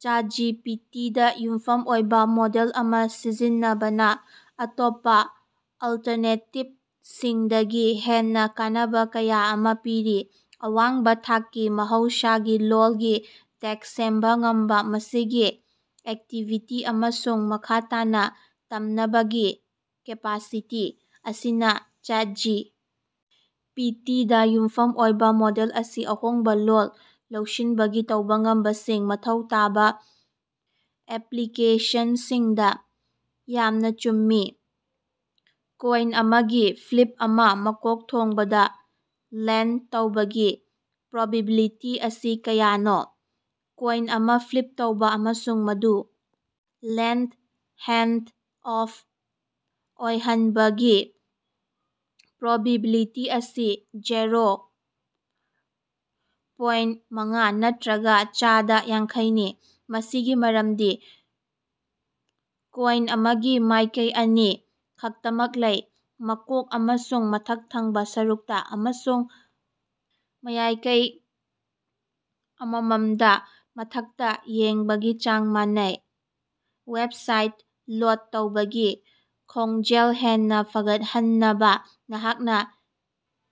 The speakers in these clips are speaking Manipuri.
ꯆꯥꯠ ꯖꯤ꯬ꯄꯤ. ꯇꯤ. ꯗ ꯌꯨꯝꯐꯝ ꯑꯣꯏꯕ ꯃꯣꯗꯦꯜ ꯑꯃ ꯁꯤꯖꯤꯟꯅꯕꯅ ꯑꯇꯣꯞꯄ ꯑꯜꯇꯔꯅꯦꯇꯤꯚꯁꯤꯡꯗꯒꯤ ꯍꯦꯟꯅ ꯀꯥꯟꯅꯕ ꯀꯌꯥ ꯑꯃ ꯄꯤꯔꯤ꯫ ꯑꯋꯥꯡꯕ ꯊꯥꯛꯀꯤ ꯃꯍꯧꯁꯥꯒꯤ ꯂꯣꯜꯒꯤ ꯇꯦꯛꯁ ꯁꯦꯝꯕ ꯉꯝꯕ, ꯃꯁꯤꯒꯤ ꯑꯦꯛꯇꯤꯕꯤꯇꯤ, ꯑꯃꯁꯨꯡ ꯃꯈꯥ ꯇꯥꯅ ꯇꯝꯅꯕꯒꯤ ꯀꯦꯄꯥꯁꯤꯇꯤ ꯑꯁꯤꯅ ꯆꯥꯠ ꯖꯤ. ꯄꯤ. ꯇꯤ. ꯗ ꯌꯨꯝꯐꯝ ꯑꯣꯏꯕ ꯃꯣꯗꯦꯜ ꯑꯁꯤ ꯑꯍꯣꯡꯕ ꯂꯣꯜ ꯂꯧꯁꯤꯟꯕꯒꯤ ꯇꯧꯕ ꯉꯝꯕꯁꯤꯡ ꯃꯊꯧ ꯇꯥꯕꯥꯑꯦꯄ꯭ꯂꯤꯀꯦꯁꯟꯁꯤꯡꯗ ꯌꯥꯝꯅ ꯆꯨꯝꯃꯤ꯫ ꯀꯣꯏꯟ ꯑꯃꯒꯤ ꯐ꯭ꯂꯤꯞ ꯑꯃꯅ ꯃꯀꯣꯛ ꯊꯣꯡꯕꯗ ꯂꯦꯟꯗ ꯇꯧꯕꯒꯤ ꯄ꯭ꯔꯣꯕꯤꯕꯤꯂꯤꯇꯤ ꯑꯁꯤ ꯀꯌꯥꯅꯣ? ꯀꯣꯏꯟ ꯑꯃ ꯐ꯭ꯂꯤꯞ ꯇꯧꯕ ꯑꯃꯁꯨꯡ ꯃꯗꯨ ꯂꯦꯟꯗ ꯍꯦꯗ ꯑꯣꯐ ꯑꯣꯏꯍꯟꯕꯒꯤ ꯄ꯭ꯔꯣꯕꯤꯕꯤꯂꯤꯇꯤ ꯑꯁꯤ ꯖꯦꯔꯣ ꯄꯣꯏꯟ ꯃꯉꯥ ꯅꯠꯇꯔꯒ ꯆꯥꯗ ꯌꯥꯡꯈꯩꯅꯤ꯫ ꯃꯁꯤꯒꯤ ꯃꯔꯝꯗꯤ ꯀꯣꯏꯟ ꯑꯃꯒꯤ ꯃꯥꯏꯀꯩ ꯑꯅꯤ ꯈꯛꯇꯃꯛ ꯂꯩ, ꯃꯀꯣꯛ ꯑꯃꯁꯨꯡ ꯃꯊꯛ ꯊꯪꯕ ꯁꯔꯨꯛꯇ, ꯑꯃꯁꯨꯡ ꯃꯥꯌꯀꯩ ꯑꯃꯃꯝꯗ ꯃꯊꯛꯇ ꯌꯦꯡꯕꯒꯤ ꯆꯥꯡ ꯃꯥꯟꯅꯩ꯫ ꯋꯦꯕꯁꯥꯏꯠ ꯂꯣꯗ ꯇꯧꯕꯒꯤ ꯈꯣꯡꯖꯦꯜ ꯍꯦꯟꯅ ꯐꯒꯠꯍꯟꯅꯕ ꯅꯍꯥꯛꯅ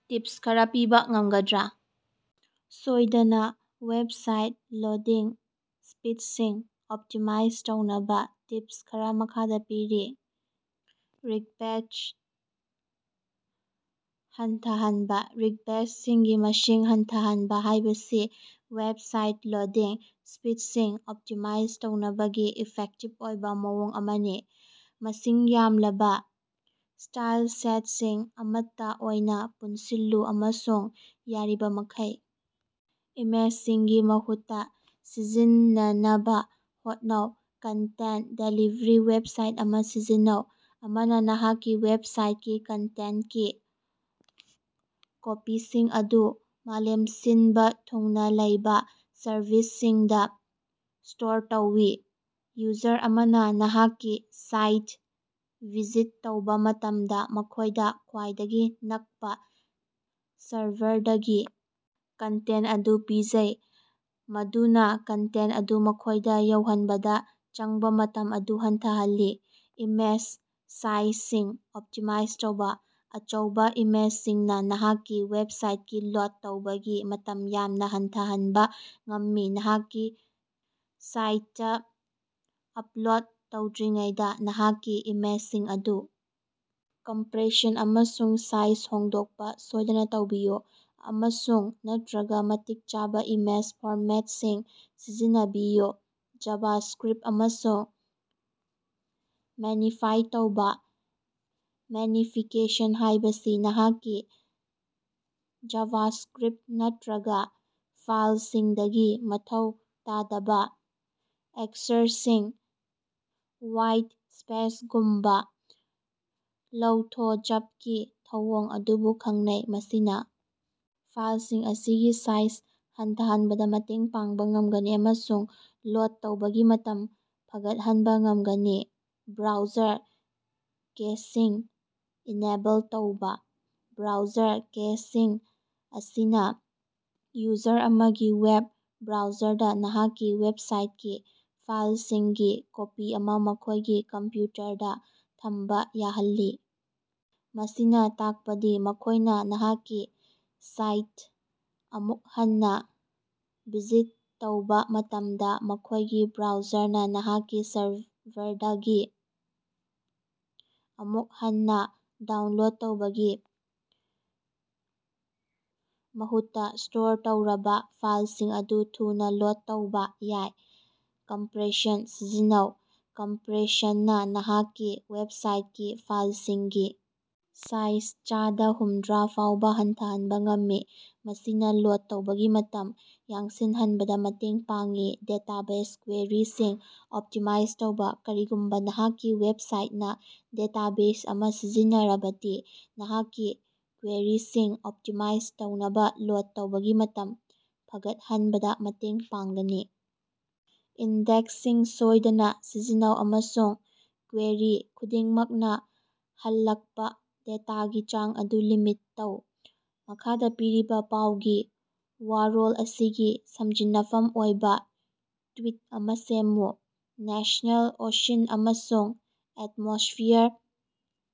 ꯇꯤꯞꯁ ꯈꯔ ꯄꯤꯕ ꯉꯝꯒꯗ꯭ꯔꯥ? ꯁꯣꯏꯗꯅ, ꯋꯦꯕꯁꯥꯏꯠ ꯂꯣꯗꯤꯡ ꯁ꯭ꯄꯤꯗꯁꯤꯡ ꯑꯣꯞꯇꯤꯃꯥꯏꯖ ꯇꯧꯅꯕ ꯇꯤꯞꯁ ꯈꯔꯥ ꯃꯈꯥꯗ ꯄꯤꯔꯤ: ꯔꯤꯛꯕ꯭ꯦꯁꯠꯁꯤꯡ ꯍꯟꯊꯍꯟꯕ: ꯔꯤꯛꯕ꯭ꯦꯁꯠꯁꯤꯡꯒꯤ ꯃꯁꯤꯡ ꯍꯟꯊꯍꯟꯕ ꯍꯥꯏꯕꯁꯤ ꯋꯦꯕꯁꯥꯏꯠ ꯂꯣꯗꯤꯡ ꯁ꯭ꯄꯤꯗꯁꯤꯡ ꯑꯣꯞꯇꯤꯃꯥꯏꯖ ꯇꯧꯅꯕꯒꯤ ꯏꯐꯦꯛꯇꯤꯚ ꯑꯣꯏꯕ ꯃꯑꯣꯡ ꯑꯃꯅꯤ꯫ ꯃꯁꯤꯡ ꯌꯥꯝꯂꯕ ꯁ꯭ꯇꯥꯏꯜꯁꯤꯠꯁꯤꯡ ꯑꯃꯠꯇ ꯑꯣꯏꯅ ꯄꯨꯟꯁꯤꯜꯂꯨ ꯑꯃꯁꯨꯡ ꯌꯥꯔꯤꯕꯃꯈꯩ ꯏꯃꯦꯖꯁꯤꯡꯒꯤ ꯃꯍꯨꯠꯇ ꯁꯤꯖꯤꯟꯅꯅꯕ ꯍꯣꯠꯅꯧ꯫ ꯀꯟꯇꯦꯟꯠ ꯗꯦꯂꯤꯚꯔꯤ ꯅꯦꯠꯋꯥꯔꯛ ꯑꯃ ꯁꯤꯖꯤꯟꯅꯧ: ꯑꯃꯅ ꯅꯍꯥꯛꯀꯤ ꯋꯦꯕꯁꯥꯏꯠꯀꯤ ꯀꯟꯇꯦꯟꯠꯀꯤ ꯀꯣꯄꯤꯁꯤꯡ ꯑꯗꯨ ꯃꯥꯂꯦꯝ ꯁꯤꯟꯕ ꯊꯨꯡꯅ ꯂꯩꯕ ꯁꯔꯚꯔꯁꯤꯡꯗ ꯁ꯭ꯇꯣꯔ ꯇꯧꯏ꯫ ꯌꯨꯖꯔ ꯑꯃꯅ ꯅꯍꯥꯛꯀꯤ ꯁꯥꯏꯠꯇ ꯚꯤꯖꯤꯠ ꯇꯧꯕꯥ ꯃꯇꯝꯗ, ꯃꯈꯣꯏꯗ ꯈ꯭ꯋꯥꯏꯗꯒꯤ ꯅꯛꯄ ꯁꯔꯚꯔꯗꯒꯤ ꯀꯟꯇꯦꯟꯠ ꯑꯗꯨ ꯄꯤꯖꯩ, ꯃꯗꯨꯅ ꯀꯟꯇꯦꯟꯠ ꯑꯗꯨ ꯃꯈꯣꯏꯗ ꯌꯧꯍꯟꯕꯗ ꯆꯪꯕ ꯃꯇꯝ ꯑꯗꯨ ꯍꯟꯊꯍꯜꯂꯤ꯫ ꯏꯃꯦꯖ ꯁꯥꯏꯖꯁꯤꯡ ꯑꯣꯞꯇꯤꯃꯥꯏꯖ ꯇꯧꯕꯥ: ꯑꯆꯧꯕ ꯏꯃꯦꯖꯁꯤꯡꯅ ꯅꯍꯥꯛꯀꯤ ꯋꯦꯕꯁꯥꯏꯠꯀꯤ ꯂꯣꯗ ꯇꯧꯕꯒꯤ ꯃꯇꯝ ꯌꯥꯝꯅ ꯍꯟꯊꯍꯟꯕ ꯉꯝꯃꯤ꯫ ꯅꯍꯥꯛꯀꯤ ꯁꯥꯏꯠꯇ ꯑꯞꯂꯣꯗ ꯇꯧꯗ꯭ꯔꯤꯉꯩꯗ ꯅꯍꯥꯛꯀꯤ ꯏꯃꯦꯖꯁꯤꯡ ꯑꯗꯨ ꯀꯝꯄ꯭ꯔꯦꯁꯟ ꯑꯃꯁꯨꯡ ꯁꯥꯏꯖ ꯍꯣꯡꯗꯣꯛꯄ ꯁꯣꯏꯗꯅ ꯇꯧꯕꯤꯌꯨ, ꯑꯃꯁꯨꯡ ꯅꯠꯇꯔꯒ ꯃꯇꯤꯛ ꯆꯥꯕ ꯏꯃꯦꯖ ꯐꯣꯔꯃꯦꯠꯁꯤꯡ ꯁꯤꯖꯤꯟꯅꯕꯤꯌꯨ꯫ ꯖꯥꯚꯥꯁ꯭ꯀꯔꯤꯞꯠ, ꯑꯃꯁꯨꯡ ꯃꯤꯅꯤꯐꯥꯏ ꯇꯧꯕꯥ: ꯃꯤꯅꯤꯐꯤꯀꯦꯁꯟ ꯍꯥꯏꯕꯁꯤ ꯅꯍꯥꯛꯀꯤ, ꯖꯥꯚꯥꯁ꯭ꯛꯔꯤꯞꯠ ꯅꯠꯇꯔꯒ ꯐꯥꯏꯜꯁꯤꯡꯗꯒꯤ ꯃꯊꯧ ꯇꯥꯗꯕ ꯑꯛꯁꯔꯁꯤꯡ (ꯋꯥꯏꯠ ꯁ꯭ꯄꯦꯁꯒꯨꯝꯕꯥ) ꯂꯧꯊꯣꯖꯄꯒꯤ ꯊꯧꯑꯣꯡ ꯑꯗꯨꯕꯨ ꯈꯪꯅꯩ꯫ ꯃꯁꯤꯅ ꯐꯥꯏꯜꯁꯤꯡ ꯑꯁꯤꯒꯤ ꯁꯥꯏꯖ ꯍꯟꯊꯍꯟꯕꯗ ꯃꯇꯦꯡ ꯄꯥꯡꯕ ꯉꯝꯒꯅꯤ ꯑꯃꯁꯨꯡ ꯂꯣꯗ ꯇꯧꯕꯒꯤ ꯃꯇꯝ ꯐꯒꯠꯍꯟꯕ ꯉꯝꯒꯅꯤ꯫ ꯕ꯭ꯔꯥꯎꯖꯔ ꯀꯦꯁꯤꯡ ꯏꯅꯦꯕꯜ ꯇꯧꯕꯥ: ꯕ꯭ꯔꯥꯎꯖꯔ ꯀꯦꯁꯤꯡ ꯑꯁꯤꯅ ꯌꯨꯖꯔ ꯑꯃꯒꯤ ꯋꯦꯕ ꯕ꯭ꯔꯥꯎꯖꯔꯗ ꯅꯍꯥꯛꯀꯤ ꯋꯦꯕꯁꯥꯏꯠꯀꯤ ꯐꯥꯏꯜꯁꯤꯡꯒꯤ ꯀꯣꯄꯤ ꯑꯃ ꯃꯈꯣꯏꯒꯤ ꯀꯝꯄ꯭ꯌꯨꯇꯔꯗ ꯊꯝꯕ ꯌꯥꯍꯜꯂꯤ꯫ ꯃꯁꯤꯅ ꯇꯥꯛꯄꯗꯤ ꯃꯈꯣꯏꯅ ꯅꯍꯥꯛꯀꯤ ꯁꯥꯏꯠꯇ ꯑꯃꯨꯛ ꯍꯟꯅ ꯚꯤꯖꯤꯠ ꯇꯧꯕꯥ ꯃꯇꯝꯗ, ꯃꯈꯣꯏꯒꯤ ꯕ꯭ꯔꯥꯎꯖꯔꯅ ꯅꯍꯥꯛꯀꯤ ꯁꯔꯚꯔꯗꯒꯤ ꯑꯃꯨꯛ ꯍꯟꯅ ꯗꯥꯎꯟꯂꯣꯗ ꯇꯧꯕꯒꯤ ꯃꯍꯨꯠꯇ ꯁ꯭ꯇꯣꯔ ꯇꯧꯔꯕ ꯐꯥꯏꯜꯁꯤꯡ ꯑꯗꯨ ꯊꯨꯅ ꯂꯣꯗ ꯇꯧꯕꯥ ꯌꯥꯏ꯫ ꯀꯝꯄ꯭ꯔꯦꯁꯟ ꯁꯤꯖꯤꯟꯅꯧ: ꯀꯝꯄ꯭ꯔꯦꯁꯟꯅ ꯅꯍꯥꯛꯀꯤ ꯋꯦꯕꯁꯥꯏꯠꯀꯤ ꯐꯥꯏꯜꯁꯤꯡꯒꯤ ꯁꯥꯏꯖ ꯆꯥꯗ ꯍꯨꯝꯗꯔꯥ ꯐꯥꯎꯕ ꯍꯟꯊꯍꯟꯕ ꯉꯝꯃꯤ, ꯃꯁꯤꯅ ꯂꯣꯗ ꯇꯧꯕꯒꯤ ꯃꯇꯝ ꯌꯥꯡꯁꯤꯟꯍꯟꯕꯗ ꯃꯇꯦꯡ ꯄꯥꯡꯏ꯫ ꯗꯦꯇꯥꯕꯦꯖ ꯀ꯭ꯋꯦꯔꯤꯁꯤꯡ ꯑꯣꯞꯇꯤꯃꯥꯏꯖ ꯇꯧꯕꯥ: ꯀꯔꯤꯒꯨꯝꯕ ꯅꯍꯥꯛꯀꯤ ꯋꯦꯕꯁꯥꯏꯠꯅ ꯗꯦꯇꯥꯕꯦꯖ ꯑꯃ ꯁꯤꯖꯤꯟꯅꯔꯕꯗꯤ, ꯅꯍꯥꯛꯀꯤ ꯀ꯭ꯋꯦꯔꯤꯁꯤꯡ ꯑꯣꯞꯇꯤꯃꯥꯏꯖ ꯇꯧꯕꯅ ꯂꯣꯗ ꯇꯧꯕꯒꯤ ꯃꯇꯝ ꯐꯒꯠꯍꯟꯕꯗ ꯃꯇꯦꯡ ꯄꯥꯡꯒꯅꯤ꯫ ꯏꯟꯗꯦꯛꯁꯁꯤꯡ ꯁꯣꯏꯗꯅ ꯁꯤꯖꯤꯟꯅꯧ, ꯑꯃꯁꯨꯡ ꯀ꯭ꯋꯦꯔꯤ ꯈꯨꯗꯤꯡꯃꯛꯅ ꯍꯜꯂꯛꯄ ꯗꯦꯇꯥꯒꯤ ꯆꯥꯡ ꯑꯗꯨ ꯂꯤꯃꯤꯠ ꯇꯧ꯫ ꯃꯈꯥꯗ ꯄꯤꯔꯤꯕ ꯄꯥꯎꯒꯤ ꯋꯥꯔꯣꯜ ꯑꯁꯤꯒꯤ ꯁꯝꯖꯤꯟꯅꯐꯝ ꯑꯣꯏꯕ ꯇ꯭ꯋꯤꯠ ꯑꯃ ꯁꯦꯝꯃꯨ꯫ ꯅꯦꯁ꯭ꯅꯦꯜ ꯑꯣꯁꯤꯟ ꯑꯃꯁꯨꯡ ꯑꯦꯠꯃꯣꯁ꯭ꯐꯤꯌꯔ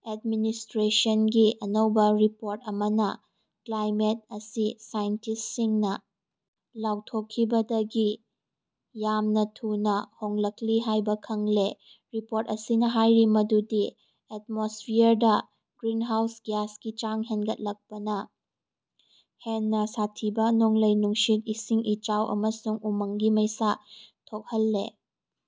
ꯑꯦꯗꯃꯤꯅꯤꯁ꯭ꯇꯔꯦꯁꯟꯒꯤ ꯑꯅꯧꯕ ꯔꯤꯄꯣꯔꯠ ꯑꯃꯅ ꯀ꯭ꯂꯥꯏꯃꯦꯠ ꯑꯁꯤ ꯁꯥꯏꯟꯇ꯭ꯤꯁꯠꯁꯤꯡꯅ ꯂꯥꯎꯊꯣꯛꯈꯤꯕꯗꯒꯤ ꯌꯥꯝꯅ ꯊꯨꯅꯥ ꯍꯣꯡꯂꯛꯂꯤ ꯍꯥꯏꯕ ꯈꯪꯂꯦ꯫ ꯔꯤꯄꯣꯔꯠ ꯑꯁꯤꯅ ꯍꯥꯏꯔꯤ ꯃꯗꯨꯗꯤ ꯑꯦꯠꯃꯣꯁ꯭ꯐꯤꯌꯔꯗ ꯒ꯭ꯔꯤꯟꯍꯥꯎꯁ ꯒ꯭ꯌꯥꯁꯀꯤ ꯆꯥꯡ ꯍꯦꯡꯒꯠꯂꯛꯄꯅ ꯍꯦꯟꯅ ꯁꯥꯊꯤꯕ ꯅꯣꯡꯂꯩ-ꯅꯨꯡꯁꯤꯠ, ꯏꯁꯤꯡ ꯏꯆꯥꯎ ꯑꯃꯁꯨꯡ ꯎꯃꯪꯒꯤ ꯃꯩꯁꯥ ꯊꯣꯈꯜꯂꯤ꯫